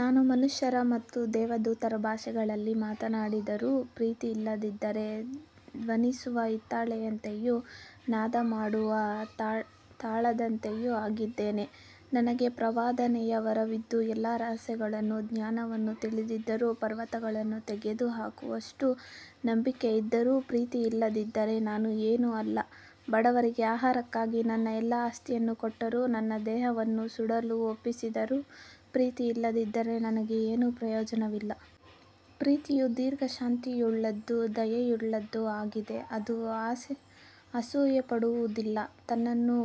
ನಾನು ಮನುಷ್ಯರ ಮತ್ತು ದೇವದೂತರ ಭಾಷೆಗಳಲ್ಲಿ ಮಾತನಾಡಿದರೂ ಪ್ರೀತಿಯಿಲ್ಲದಿದ್ದರೆ ಧ್ವನಿಸುವ ಹಿತ್ತಾಳೆಯಂತೆಯೂ ನಾದಮಾಡುವ ತಾಳದಂತೆಯೂ ಆಗಿದ್ದೇನೆ. ನನಗೆ ಪ್ರವಾದನೆಯ ವರವಿದ್ದು ಎಲ್ಲಾ ರಹಸ್ಯಗಳನ್ನೂ ಜ್ಞಾನವನ್ನೂ ತಿಳಿದಿದ್ದರೂ, ಪರ್ವತಗಳನ್ನು ತೆಗೆದುಹಾಕುವಷ್ಟು ನಂಬಿಕೆ ಇದ್ದರೂ ಪ್ರೀತಿಯಿಲ್ಲದಿದ್ದರೆ ನಾನು ಏನೂ ಅಲ್ಲ. ಬಡವರಿಗೆ ಆಹಾರಕ್ಕಾಗಿ ನನ್ನ ಎಲ್ಲಾ ಆಸ್ತಿಯನ್ನು ಕೊಟ್ಟರೂ ನನ್ನ ದೇಹವನ್ನು ಸುಡಲು ಒಪ್ಪಿಸಿದರೂ ಪ್ರೀತಿಯಿಲ್ಲದಿದ್ದರೆ ನನಗೆ ಏನೂ ಪ್ರಯೋಜನವಿಲ್ಲ. ಪ್ರೀತಿಯು ದೀರ್ಘಶಾಂತಿಯುಳ್ಳದ್ದೂ ದಯೆಯುಳ್ಳದ್ದೂ ಆಗಿದೆ, ಅದು ಅಸೂಯೆಪಡುವುದಿಲ್ಲ, ತನ್ನನ್ನು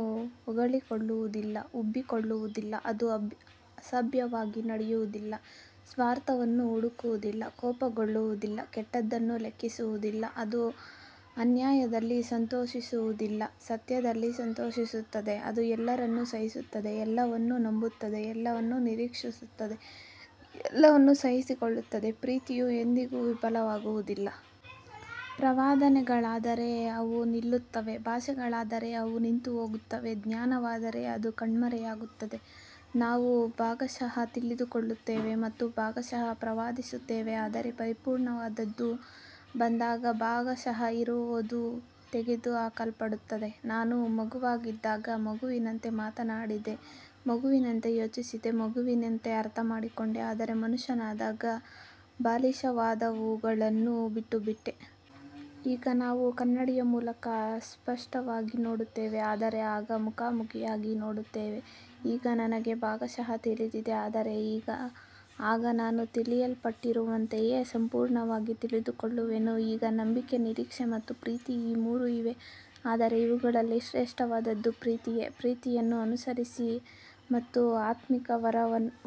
ಹೊಗಳಿಕೊಳ್ಳುವುದಿಲ್ಲ, ಉಬ್ಬಿಕೊಳ್ಳುವುದಿಲ್ಲ. ಅದು ಅಸಭ್ಯವಾಗಿ ನಡೆಯುವುದಿಲ್ಲ, ಸ್ವಾರ್ಥವನ್ನು ಹುಡುಕುವುದಿಲ್ಲ, ಕೋಪಗೊಳ್ಳುವುದಿಲ್ಲ, ಕೆಟ್ಟದ್ದನ್ನು ಲೆಕ್ಕಿಸುವುದಿಲ್ಲ. ಅದು ಅನ್ಯಾಯದಲ್ಲಿ ಸಂತೋಷಿಸುವುದಿಲ್ಲ, ಸತ್ಯದಲ್ಲಿ ಸಂತೋಷಿಸುತ್ತದೆ. ಅದು ಎಲ್ಲವನ್ನೂ ಸಹಿಸುತ್ತದೆ, ಎಲ್ಲವನ್ನೂ ನಂಬುತ್ತದೆ, ಎಲ್ಲವನ್ನೂ ನಿರೀಕ್ಷಿಸುತ್ತದೆ, ಎಲ್ಲವನ್ನೂ ಸಹಿಸಿಕೊಳ್ಳುತ್ತದೆ. ಪ್ರೀತಿಯು ಎಂದಿಗೂ ವಿಫಲವಾಗುವುದಿಲ್ಲ. ಪ್ರವಾದನೆಗಳಾದರೆ ಅವು ನಿಲ್ಲುತ್ತವೆ, ಭಾಷೆಗಳಾದರೆ ಅವು ನಿಂತುಹೋಗುತ್ತವೆ, ಜ್ಞಾನವಾದರೆ ಅದು ಕಣ್ಮರೆಯಾಗುತ್ತದೆ. ನಾವು ಭಾಗಶಃ ತಿಳಿದುಕೊಳ್ಳುತ್ತೇವೆ ಮತ್ತು ಭಾಗಶಃ ಪ್ರವಾದಿಸುತ್ತೇವೆ, ಆದರೆ ಪರಿಪೂರ್ಣವಾದದ್ದು ಬಂದಾಗ ಭಾಗಶಃ ಇರುವದು ತೆಗೆದುಹಾಕಲ್ಪಡುತ್ತದೆ. ನಾನು ಮಗುವಾಗಿದ್ದಾಗ ಮಗುವಿನಂತೆ ಮಾತನಾಡಿದೆ, ಮಗುವಿನಂತೆ ಯೋಚಿಸಿದೆ, ಮಗುವಿನಂತೆ ಅರ್ಥಮಾಡಿಕೊಂಡೆ, ಆದರೆ ಮನುಷ್ಯನಾದಾಗ ಬಾಲಿಶವಾದವುಗಳನ್ನು ಬಿಟ್ಟುಬಿಟ್ಟೆ. ಈಗ ನಾವು ಕನ್ನಡಿಯ ಮೂಲಕ ಅಸ್ಪಷ್ಟವಾಗಿ ನೋಡುತ್ತೇವೆ, ಆದರೆ ಆಗ ಮುಖಾಮುಖಿಯಾಗಿ ನೋಡುತ್ತೇವೆ. ಈಗ ನನಗೆ ಭಾಗಶಃ ತಿಳಿದಿದೆ, ಆದರೆ ಆಗ ನಾನು ತಿಳಿಯಲ್ಪಟ್ಟಿರುವಂತೆಯೇ ಸಂಪೂರ್ಣವಾಗಿ ತಿಳಿದುಕೊಳ್ಳುವೆನು. ಈಗ ನಂಬಿಕೆ, ನಿರೀಕ್ಷೆ ಮತ್ತು ಪ್ರೀತಿ ಈ ಮೂರೂ ಇವೆ, ಆದರೆ ಇವುಗಳಲ್ಲಿ ಶ್ರೇಷ್ಠವಾದದ್ದು ಪ್ರೀತಿಯೇ. ಪ್ರೀತಿಯನ್ನು ಅನುಸರಿಸಿರಿ ಮತ್ತು ಆತ್ಮಿಕ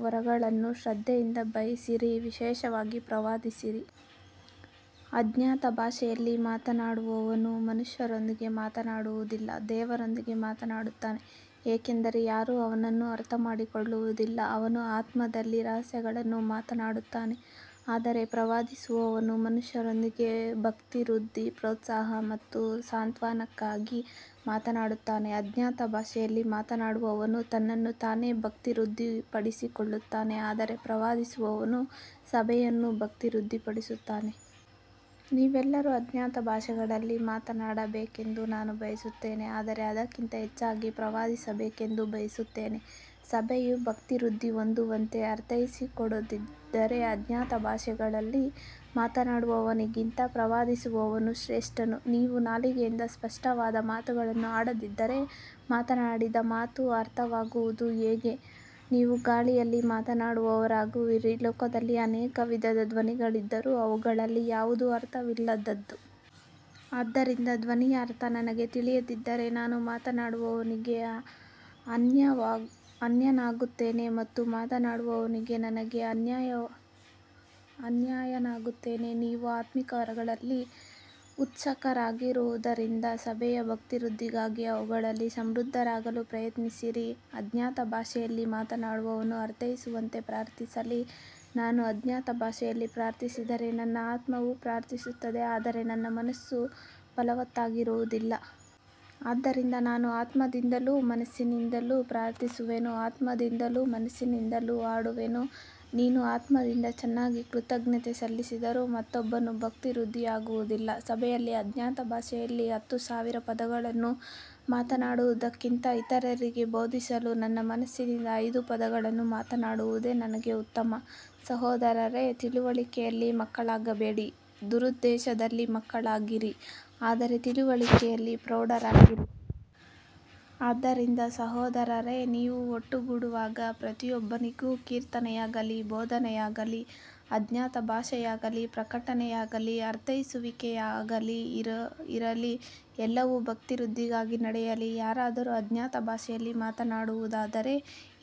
ವರಗಳನ್ನು ಶ್ರದ್ಧೆಯಿಂದ ಬಯಸಿರಿ, ವಿಶೇಷವಾಗಿ ಪ್ರವಾದಿಸಿರಿ. ಅಜ್ಞಾತ ಭಾಷೆಯಲ್ಲಿ ಮಾತನಾಡುವವನು ಮನುಷ್ಯರೊಂದಿಗೆ ಮಾತನಾಡುವುದಿಲ್ಲ, ದೇವರೊಂದಿಗೆ ಮಾತನಾಡುತ್ತಾನೆ, ಏಕೆಂದರೆ ಯಾರೂ ಅವನನ್ನು ಅರ್ಥಮಾಡಿಕೊಳ್ಳುವುದಿಲ್ಲ, ಅವನು ಆತ್ಮದಲ್ಲಿ ರಹಸ್ಯಗಳನ್ನು ಮಾತನಾಡುತ್ತಾನೆ. ಆದರೆ ಪ್ರವಾದಿಸುವವನು ಮನುಷ್ಯರೊಂದಿಗೆ ಭಕ್ತಿವೃದ್ಧಿ, ಪ್ರೋತ್ಸಾಹ ಮತ್ತು ಸಾಂತ್ವನಕ್ಕಾಗಿ ಮಾತನಾಡುತ್ತಾನೆ. ಅಜ್ಞಾತ ಭಾಷೆಯಲ್ಲಿ ಮಾತನಾಡುವವನು ತನ್ನನ್ನು ತಾನೇ ಭಕ್ತಿವೃದ್ಧಿಪಡಿಸಿಕೊಳ್ಳುತ್ತಾನೆ, ಆದರೆ ಪ್ರವಾದಿಸುವವನು ಸಭೆಯನ್ನು ಭಕ್ತಿವೃದ್ಧಿಪಡಿಸುತ್ತಾನೆ. ನೀವೆಲ್ಲರೂ ಅಜ್ಞಾತ ಭಾಷೆಗಳಲ್ಲಿ ಮಾತನಾಡಬೇಕೆಂದು ನಾನು ಬಯಸುತ್ತೇನೆ, ಆದರೆ ಅದಕ್ಕಿಂತ ಹೆಚ್ಚಾಗಿ ಪ್ರವಾದಿಸಬೇಕೆಂದು ಬಯಸುತ್ತೇನೆ. ಸಭೆಯು ಭಕ್ತಿವೃದ್ಧಿ ಹೊಂದುವಂತೆ ಅರ್ಥೈಸಿಕೊಡದಿದ್ದರೆ ಅಜ್ಞಾತ ಭಾಷೆಗಳಲ್ಲಿ ಮಾತನಾಡುವವನಿಗಿಂತ ಪ್ರವಾದಿಸುವವನು ಶ್ರೇಷ್ಠನು. ನೀವು ನಾಲಿಗೆಯಿಂದ ಸ್ಪಷ್ಟವಾದ ಮಾತುಗಳನ್ನು ಆಡದಿದ್ದರೆ ಮಾತನಾಡಿದ ಮಾತು ಅರ್ಥವಾಗುವುದು ಹೇಗೆ. ನೀವು ಗಾಳಿಯಲ್ಲಿ ಮಾತನಾಡುವವರಾಗುವಿರಿ. ಲೋಕದಲ್ಲಿ ಅನೇಕ ವಿಧದ ಧ್ವನಿಗಳಿದ್ದರೂ ಅವುಗಳಲ್ಲಿ ಯಾವುದೂ ಅರ್ಥವಿಲ್ಲದದ್ದಲ್ಲ. ಆದ್ದರಿಂದ ಧ್ವನಿಯ ಅರ್ಥ ನನಗೆ ತಿಳಿಯದಿದ್ದರೆ ನಾನು ಮಾತನಾಡುವವನಿಗೆ ಅನ್ಯನಾಗುತ್ತೇನೆ ಮತ್ತು ಮಾತನಾಡುವವನು ನನಗೆ ಅನ್ಯನಾಗುತ್ತಾನೆ. ನೀವು ಆತ್ಮಿಕ ವರಗಳಲ್ಲಿ ಉತ್ಸುಕರಾಗಿರುವುದರಿಂದ ಸಭೆಯ ಭಕ್ತಿವೃದ್ಧಿಗಾಗಿ ಅವುಗಳಲ್ಲಿ ಸಮೃದ್ಧರಾಗಲು ಪ್ರಯತ್ನಿಸಿರಿ. ಅಜ್ಞಾತ ಭಾಷೆಯಲ್ಲಿ ಮಾತನಾಡುವವನು ಅರ್ಥೈಸುವಂತೆ ಪ್ರಾರ್ಥಿಸಲಿ. ನಾನು ಅಜ್ಞಾತ ಭಾಷೆಯಲ್ಲಿ ಪ್ರಾರ್ಥಿಸಿದರೆ ನನ್ನ ಆತ್ಮವು ಪ್ರಾರ್ಥಿಸುತ್ತದೆ, ಆದರೆ ನನ್ನ ಮನಸ್ಸು ಫಲವತ್ತಾಗಿರುವುದಿಲ್ಲ. ಆದ್ದರಿಂದ ನಾನು ಆತ್ಮದಿಂದಲೂ ಮನಸ್ಸಿನಿಂದಲೂ ಪ್ರಾರ್ಥಿಸುವೆನು, ಆತ್ಮದಿಂದಲೂ ಮನಸ್ಸಿನಿಂದಲೂ ಹಾಡುವೆನು. ನೀನು ಆತ್ಮದಿಂದ ಚೆನ್ನಾಗಿ ಕೃತಜ್ಞತೆ ಸಲ್ಲಿಸಿದರೂ ಮತ್ತೊಬ್ಬನು ಭಕ್ತಿವೃದ್ಧಿಯಾಗುವುದಿಲ್ಲ. ಸಭೆಯಲ್ಲಿ ಅಜ್ಞಾತ ಭಾಷೆಯಲ್ಲಿ ಹತ್ತು ಸಾವಿರ ಪದಗಳನ್ನು ಮಾತನಾಡುವುದಕ್ಕಿಂತ, ಇತರರಿಗೆ ಬೋಧಿಸಲು ನನ್ನ ಮನಸ್ಸಿನಿಂದ ಐದು ಪದಗಳನ್ನು ಮಾತನಾಡುವುದೇ ನನಗೆ ಉತ್ತಮ. ಸಹೋದರರೇ, ತಿಳುವಳಿಕೆಯಲ್ಲಿ ಮಕ್ಕಳಾಗಬೇಡಿ, ದುರುದ್ದೇಶದಲ್ಲಿ ಮಕ್ಕಳಾಗಿರಿ, ಆದರೆ ತಿಳುವಳಿಕೆಯಲ್ಲಿ ಪ್ರೌಢರಾಗಿರಿ. ಆದ್ದರಿಂದ ಸಹೋದರರೇ, ನೀವು ಒಟ್ಟುಗೂಡುವಾಗ ಪ್ರತಿಯೊಬ್ಬನಿಗೂ ಕೀರ್ತನೆಯಾಗಲಿ, ಬೋಧನೆಯಾಗಲಿ, ಅಜ್ಞಾತ ಭಾಷೆಯಾಗಲಿ, ಪ್ರಕಟನೆಯಾಗಲಿ, ಅರ್ಥೈಸುವಿಕೆಯಾಗಲಿ ಇರಲಿ. ಎಲ್ಲವೂ ಭಕ್ತಿವೃದ್ಧಿಗಾಗಿ ನಡೆಯಲಿ. ಯಾರಾದರೂ ಅಜ್ಞಾತ ಭಾಷೆಯಲ್ಲಿ ಮಾತನಾಡುವುದಾದರೆ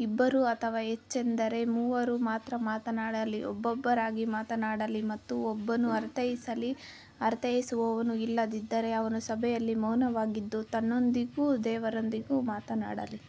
ಇಬ್ಬರು ಅಥವಾ ಹೆಚ್ಚೆಂದರೆ ಮೂವರು ಮಾತ್ರ ಮಾತನಾಡಲಿ, ಒಬ್ಬೊಬ್ಬರಾಗಿ ಮಾತನಾಡಲಿ ಮತ್ತು ಒಬ್ಬನು ಅರ್ಥೈಸಲಿ. ಅರ್ಥೈಸುವವನು ಇಲ್ಲದಿದ್ದರೆ ಅವನು ಸಭೆಯಲ್ಲಿ ಮೌನವಾಗಿದ್ದು, ತನ್ನೊಂದಿಗೂ ದೇವರೊಂದಿಗೂ ಮಾತನಾಡಲಿ.